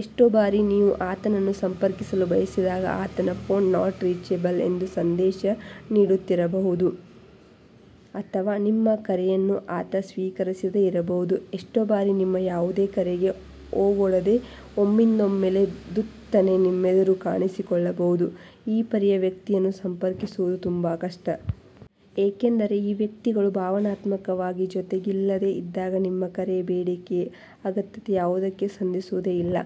ಎಷ್ಟೋ ಬಾರಿ, ನೀವು ಆತನನ್ನು ಸಂಪರ್ಕಿಸಲು ಬಯಸಿದಾಗ ಆತನ ಫೋನ್ ನಾಟ್ ರೀಚಬಲ್ ಎಂಬ ಸಂದೇಶ ನೀಡುತ್ತಿದ್ದಿರಬಹುದು ಅಥವಾ ನಿಮ್ಮ ಕರೆಯನ್ನು ಆತ ಸ್ವೀಕರಿಸದೇ ಇರಬಹುದು. ಎಷ್ಟೋ ಬಾರಿ ನಿಮ್ಮ ಯಾವುದೇ ಕರೆಗೆ ಓಗೊಡದೇ ಒಮ್ಮಿಂದೊಮ್ಮೆಲೇ ಧುತ್ತನೆ ನಿಮ್ಮೆದುರು ಕಾಣಿಸಿಕೊಳ್ಳಬಹುದು. ಈ ಪರಿಯ ವ್ಯಕ್ತಿಯನ್ನು ಸಂಪರ್ಕಿಸುವುದು ತುಂಬಾ ಕಷ್ಟ. ಏಕೆಂದರೆ, ಈ ವ್ಯಕ್ತಿಗಳು ಭಾವನಾತ್ಮಕವಾಗಿ ಜೊತೆಗಿಲ್ಲದೇ ಇದ್ದಾಗ ನಿಮ್ಮ ಕರೆ, ಬೇಡಿಕೆ, ಅಗತ್ಯತೆ ಯಾವುದಕ್ಕೂ ಸ್ಪಂದಿಸುವುದೇ ಇಲ್ಲ.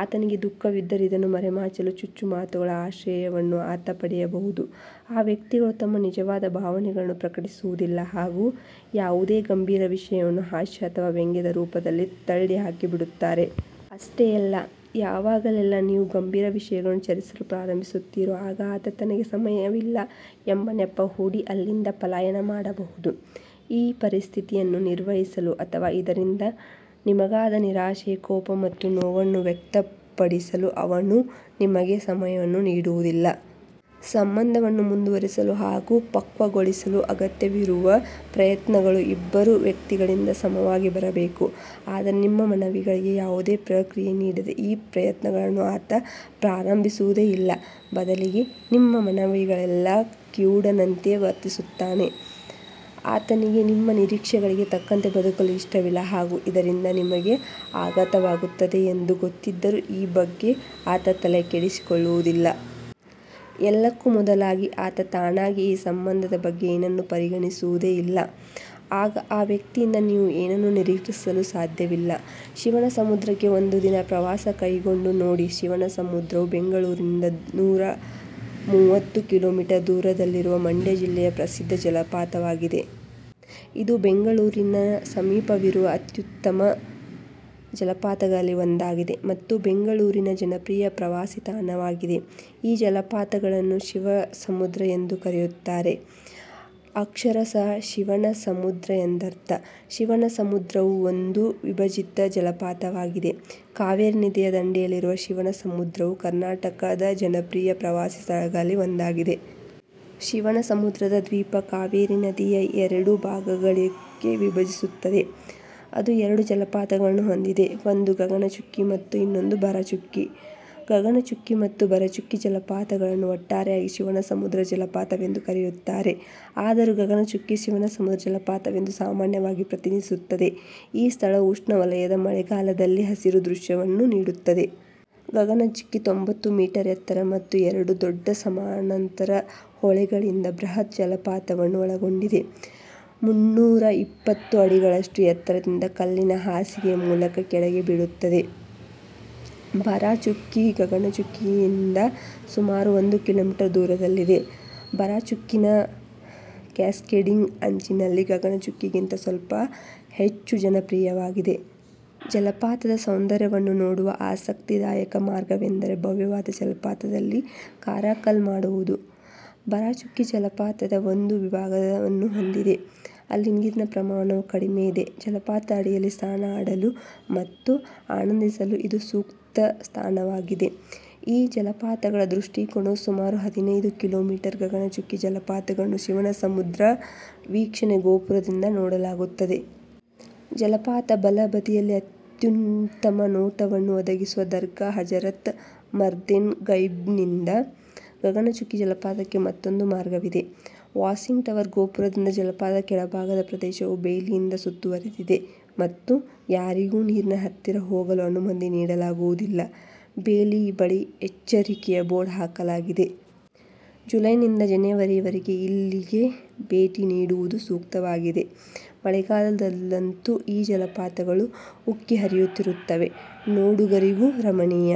ಆತನಿಗೆ ದುಃಖವಿದ್ದರೂ ಇದನ್ನು ಮರೆಮಾಚಲು ಚುಚ್ಚುಮಾತುಗಳ ಆಸರೆಯನ್ನು ಆತ ಪಡೆಯಬಹುದು. ಈ ವ್ಯಕ್ತಿಗಳು ತಮ್ಮ ನಿಜವಾದ ಭಾವನೆಗಳನ್ನು ಪ್ರಕಟಿಸುವುದಿಲ್ಲ ಹಾಗೂ ಯಾವುದೇ ಗಂಭೀರ ವಿಷಯವನ್ನೂ ಹಾಸ್ಯ ಅಥವಾ ವ್ಯಂಗ್ಯದ ರೂಪದಲ್ಲಿ ತಳ್ಳಿಹಾಕಿಬಿಡುತ್ತಾರೆ. ಅಷ್ಟೇ ಅಲ್ಲ, ಯಾವಾಗೆಲ್ಲಾ ನೀವು ಗಂಭೀರ ವಿಷಯಗಳನ್ನು ಚರ್ಚಿಸಲು ಪ್ರಾರಂಭಿಸುತ್ತೀರೋ ಆಗ ಆತ ತನಗೆ ಸಮಯವಿಲ್ಲ ಎಂಬ ನೆಪ ಹೂಡಿ ಅಲ್ಲಿಂದ ಪಲಾಯನ ಮಾಡಬಹುದು. ಈ ಪರಿಸ್ಥಿತಿಯನ್ನು ನಿರ್ವಹಿಸಲು ಅಥವಾ ಇದರಿಂದ ನಿಮಗಾದ ನಿರಾಶೆ, ಕೋಪ ಅಥವಾ ನೋವನ್ನು ವ್ಯಕ್ತಪಡಿಸಲೂ ಅವನು ನಿಮಗೆ ಸಮಯವನ್ನು ನೀಡುವುದಿಲ್ಲ. ಸಂಬಂಧವನ್ನು ಮುಂದುವರೆಸಲು ಹಾಗೂ ಪಕ್ವಗೊಳಿಸಲು ಅಗತ್ಯವಿರುವ ಪ್ರಯತ್ನಗಳು ಇಬ್ಬರೂ ವ್ಯಕ್ತಿಗಳಿಂದ ಸಮಾನವಾಗಿ ಬರಬೇಕು. ಆದರೆ ನಿಮ್ಮ ಮನವಿಗಳಿಗೆ ಯಾವುದೇ ಪ್ರತಿಕ್ರಿಯೆ ನೀಡದೇ ಈ ಪ್ರಯತ್ನಗಳನ್ನು ಆತ ಪ್ರಾರಂಭಿಸುವುದೇ ಇಲ್ಲ, ಬದಲಿಗೆ, ನಿಮ್ಮ ಮನವಿಗಳಿಗೆಲ್ಲಾ ಕಿವುಡನೆಂತೆ ವರ್ತಿಸುತ್ತಾನೆ. ಆತನಿಗೆ ನಿಮ್ಮ ನಿರೀಕ್ಷೆಗಳಿಗೆ ತಕ್ಕಂತೆ ಬದುಕಲು ಇಷ್ಟವಿಲ್ಲ ಹಾಗೂ ಇದರಿಂದ ನಿಮಗೆ ಆಘಾತವಾಗುತ್ತದೆ ಎಂದು ಗೊತ್ತಿದ್ದರೂ ಈ ಬಗ್ಗೆ ಆತ ತಲೆ ಕೆಡಿಸಿಕೊಳ್ಳುವುದಿಲ್ಲ. ಎಲ್ಲಕ್ಕೂ ಮೊದಲಾಗಿ, ಆತ ತಾನಾಗಿ ಈ ಸಂಬಂಧದ ಬಗ್ಗೆ ಏನನ್ನೂ ಪರಿಗಣಿಸುವುದೇ ಇಲ್ಲ. ಆಗ ಈ ವ್ಯಕ್ತಿಯಿಂದ ನೀವು ಏನನ್ನೂ ನಿರೀಕ್ಷಿಸಲು ಸಾಧ್ಯವಿಲ್ಲ. ಶಿವನಸಮುದ್ರಕ್ಕೆ ಒಂದು ದಿನದ ಪ್ರವಾಸ ಕೈಗೊಂಡು ನೋಡಿ ಶಿವನಸಮುದ್ರವು ಬೆಂಗಳೂರಿನಿಂದ ನೂರ ಮೂವತ್ತು ಕಿಲೋಮೀಟರ್ ದೂರದಲ್ಲಿರುವ ಮಂಡ್ಯ ಜಿಲ್ಲೆಯ ಪ್ರಸಿದ್ಧ ಜಲಪಾತವಾಗಿದೆ. ಇದು ಬೆಂಗಳೂರಿನ ಸಮೀಪವಿರುವ ಅತ್ಯುತ್ತಮ ಜಲಪಾತಗಳಲ್ಲಿ ಒಂದಾಗಿದೆ ಮತ್ತು ಬೆಂಗಳೂರಿನ ಜನಪ್ರಿಯ ಪ್ರವಾಸಿತಾಣವಾಗಿದೆ. ಈ ಜಲಪಾತಗಳನ್ನು ಶಿವ ಸಮುದ್ರ ಎಂದೂ ಕರೆಯುತ್ತಾರೆ. ಅಕ್ಷರಶಃ ಶಿವನ ಸಮುದ್ರ ಎಂದರ್ಥ. ಶಿವನಸಮುದ್ರವು ಒಂದು ವಿಭಜಿತ ಜಲಪಾತವಾಗಿದೆ. ಕಾವೇರಿ ನದಿಯ ದಂಡೆಯಲ್ಲಿರುವ ಶಿವನಸಮುದ್ರವು ಕರ್ನಾಟಕದ ಜನಪ್ರಿಯ ಪ್ರವಾಸಿ ಸ್ಥಳಗಳಲ್ಲಿ ಒಂದಾಗಿದೆ. ಶಿವನಸಮುದ್ರದ ದ್ವೀಪ ಕಾವೇರಿ ನದಿಯ ಎರಡು ಭಾಗಗಳಾಗಿ ವಿಭಜಿಸುತ್ತದೆ, ಅದು ಎರಡು ಜಲಪಾತಗಳನ್ನು ಹೊಂದಿದೆ, ಒಂದು ಗಗನಚುಕ್ಕಿ ಮತ್ತು ಇನ್ನೊಂದು ಬರಾಚುಕ್ಕಿ. ಗಗನಚುಕ್ಕಿ ಮತ್ತು ಬರಚುಕ್ಕಿ ಜಲಪಾತಗಳನ್ನು ಒಟ್ಟಾರೆಯಾಗಿ ಶಿವನಸಮುದ್ರ ಜಲಪಾತವೆಂದು ಕರೆಯುತ್ತಾರೆ. ಆದರೂ ಗಗನಚುಕ್ಕಿ ಶಿವನಸಮುದ್ರ ಜಲಪಾತವೆಂದು ಸಾಮಾನ್ಯವಾಗಿ ಪ್ರತಿನಿಧಿಸುತ್ತದೆ. ಈ ಸ್ಥಳವು ಉಷ್ಣವಲಯದ ಮಳೆಗಾಲದಲ್ಲಿ ಹಸಿರು ದೃಶ್ಯವನ್ನು ನೀಡುತ್ತದೆ. ಗಗನಚುಕ್ಕಿ ತೊಂಬತ್ತು ಮೀಟರ್ ಎತ್ತರ ಮತ್ತು ಎರಡು ದೊಡ್ಡ ಸಮಾನಾಂತರ ಹೊಳೆಗಳಿಂದ ಬೃಹತ್ ಜಲಪಾತವನ್ನು ಒಳಗೊಂಡಿದೆ. ಮುನ್ನೂರ ಇಪ್ಪತ್ತು ಅಡಿಗಳಷ್ಟು ಎತ್ತರದಿಂದ ಕಲ್ಲಿನ ಹಾಸಿಗೆಯ ಮೂಲಕ ಕೆಳಗೆ ಬೀಳುತ್ತದೆ. ಭರಾಚುಕ್ಕಿ ಗಗನಚುಕ್ಕಿಯಿಂದ ಸುಮಾರು ಒಂದು ಕಿಲೋಮೀಟರ್ ದೂರದಲ್ಲಿದೆ. ಭರಾಚುಕ್ಕಿನ ಕ್ಯಾಸ್ಕೇಡಿಂಗ್ ಅಂಚಿನಲ್ಲಿ ಗಗನಚುಕ್ಕಿಗಿಂತ ಸ್ವಲ್ಪ ಹೆಚ್ಚು ಜನಪ್ರಿಯವಾಗಿದೆ. ಜಲಪಾತದ ಸೌಂದರ್ಯವನ್ನು ನೋಡುವ ಆಸಕ್ತಿದಾಯಕ ಮಾರ್ಗವೆಂದರೆ ಭವ್ಯವಾದ ಜಲಪಾತದಲ್ಲಿ ಕಾರಾಕಲ್ ಮಾಡುವುದು. ಬರಾಚುಕ್ಕಿ ಜಲಪಾತದ ಒಂದು ವಿಭಾಗವನ್ನು ಹೊಂದಿದೆ, ಅಲ್ಲಿ ನೀರಿನ ಪ್ರಮಾಣವು ಕಡಿಮೆ ಇದೆ. ಜಲಪಾತದ ಅಡಿಯಲ್ಲಿ ಸ್ನಾನ ಆಡಲು ಮತ್ತು ಆನಂದಿಸಲು ಇದು ಸೂಕ್ತ ತಾಣವಾಗಿದೆ. ಈ ಜಲಪಾತಗಳ ದೃಷ್ಟಿಕೋನವು ಸುಮಾರು ಹದಿನೈದು ಕಿಲೋಮೀಟರ್ ಗಗನಚುಕ್ಕಿ ಜಲಪಾತಗಳನ್ನು ಶಿವನಸಮುದ್ರ ವೀಕ್ಷಣೆ ಗೋಪುರದಿಂದ ನೋಡಲಾಗುತ್ತದೆ. ಜಲಪಾತದ ಬಲ ಬದಿಯಲ್ಲಿ ಅತ್ಯುತ್ತಮ ನೋಟವನ್ನು ಒದಗಿಸುವ ದರ್ಗಾ ಹಜರಥ್ ಮರ್ದೆನ್ ಗೈಬ್ನಿಂದ ಗಗನಚುಕ್ಕಿ ಜಲಪಾತಕ್ಕೆ ಮತ್ತೊಂದು ಮಾರ್ಗವಿದೆ. ವಾಶಿಂಗ್ ಟವರ್ ಗೋಪುರದಿಂದ ಜಲಪಾತದ ಕೆಳಭಾಗದ ಪ್ರದೇಶವು ಬೇಲಿಯಿಂದ ಸುತ್ತುವರಿದಿದೆ ಮತ್ತು ಯಾರಿಗೂ ನೀರಿನ ಹತ್ತಿರ ಹೋಗಲು ಅನುಮತಿ ನೀಡಲಾಗುವುದಿಲ್ಲ. ಬೇಲಿ ಬಳಿ ಎಚ್ಚರಿಕೆಯ ಬೋರ್ಡ್ ಹಾಕಲಾಗಿದೆ. ಜುಲೈನಿಂದ ಜನವರಿವರೆಗೆ ಇಲ್ಲಿಗೆ ಭೇಟಿ ನೀಡುವುದು ಸೂಕ್ತವಾಗಿದೆ. ಮಳೆಗಾಲದಲ್ಲಂತೂ ಈ ಜಲಪಾತಗಳು ಉಕ್ಕಿಹರಿಯುತ್ತಿರುತ್ತವೆ. ನೋಡುಗರಿಗೂ ರಮಣೀಯ